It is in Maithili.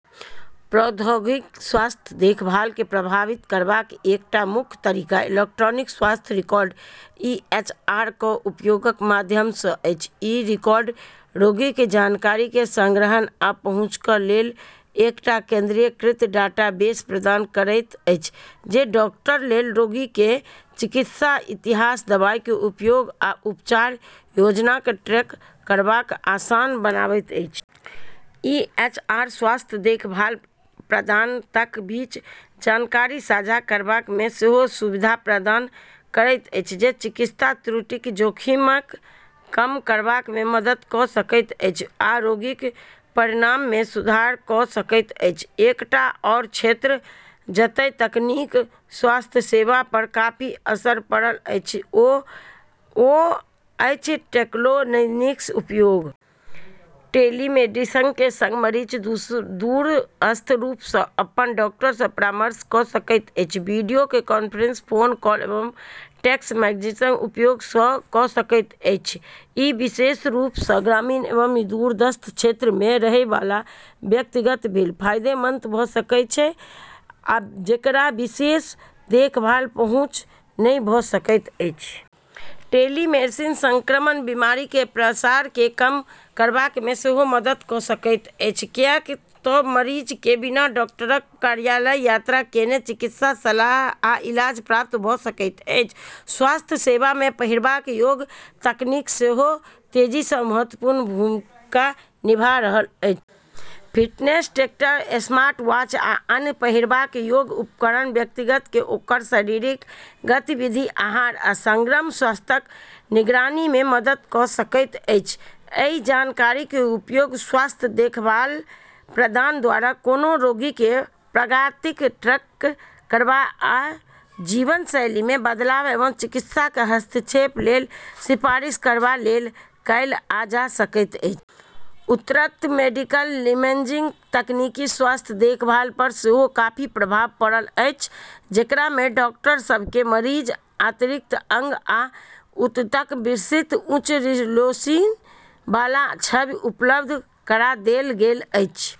प्रौद्योगिकिक स्वास्थ्य देखभालकेँ प्रभावित करबाक एकटा मुख्य तरीका इलेक्ट्रॉनिक स्वास्थ्य रिकॉर्ड (ईएचआर) क उपयोगक माध्यम सँ अछि। ई रिकॉर्ड रोगीक जानकारीक संग्रहण आ पहुँचक लेल एकटा केंद्रीकृत डाटाबेस प्रदान करैत अछि, जे डॉक्टरक लेल रोगीक चिकित्सा इतिहास, दवाईक उपयोग आ उपचार योजनाकेँ ट्रैक करब आसान बनाबैत अछि। ईएचआर स्वास्थ्य देखभाल प्रदाताक बीच जानकारी साझा करबामे सेहो सुविधा प्रदान करैत अछि, जे चिकित्सा त्रुटिक जोखिमकेँ कम करबामे मदद क’ सकैत अछि आ रोगीक परिणाममे सुधार क’ सकैत अछि। एकटा आओर क्षेत्र जतए तकनीकक स्वास्थ्य सेवा पर काफी असर पड़ल अछि ओ अछि टेलीमेडिसिनक उपयोग। टेलीमेडिसिनक संग मरीज दूरस्थ रूप सँ अपन डॉक्टर सँ परामर्श क’ सकैत अछि, वीडियो कॉन्फ्रेंसिंग, फोन कॉल वा टेक्स्ट मैसेजिंगक उपयोग क’ सकैत अछि। ई विशेष रूप सँ ग्रामीण वा दूरस्थ क्षेत्रमे रहै बला व्यक्तिक लेल फायदेमंद भ’ सकैत अछि, जेकरा विशेष देखभालक पहुँच नहि भ’ सकैत अछि। टेलीमेडिसिन संक्रामक बीमारीक प्रसारकेँ कम करबामे सेहो मदद क’ सकैत अछि, किएक तँ मरीजकेँ बिना डॉक्टरक कार्यालयक यात्रा केने चिकित्सा सलाह आ इलाज प्राप्त भ’ सकैत अछि। स्वास्थ्य सेवामे पहिरबा योग्य तकनीक सेहो तेजी सँ महत्वपूर्ण भूमिका निभा रहल अछि। फिटनेस ट्रैकर, स्मार्टवॉच आ अन्य पहिरबा योग्य उपकरण व्यक्तिकेँ ओकर शारीरिक गतिविधि, आहार आ समग्र स्वास्थ्यक निगरानीमे मदद क’ सकैत अछि। एहि जानकारीक उपयोग स्वास्थ्य देखभाल प्रदाता द्वारा कोनो रोगीक प्रगतिकेँ ट्रैक करब आ जीवनशैलीमे बदलाव वा चिकित्सा हस्तक्षेप लेल सिफारिश करबा लेल कएल जा सकैत अछि। उन्नत मेडिकल इमेजिंग तकनीकक स्वास्थ्य देखभाल पर सेहो काफी प्रभाव पड़ल अछि, जेकरामे डॉक्टर सभकेँ मरीजक आंतरिक अंग आ ऊतकक विस्तृत, उच्च रिजोल्यूशन बला छवि उपलब्ध गरा देल गेल अछि।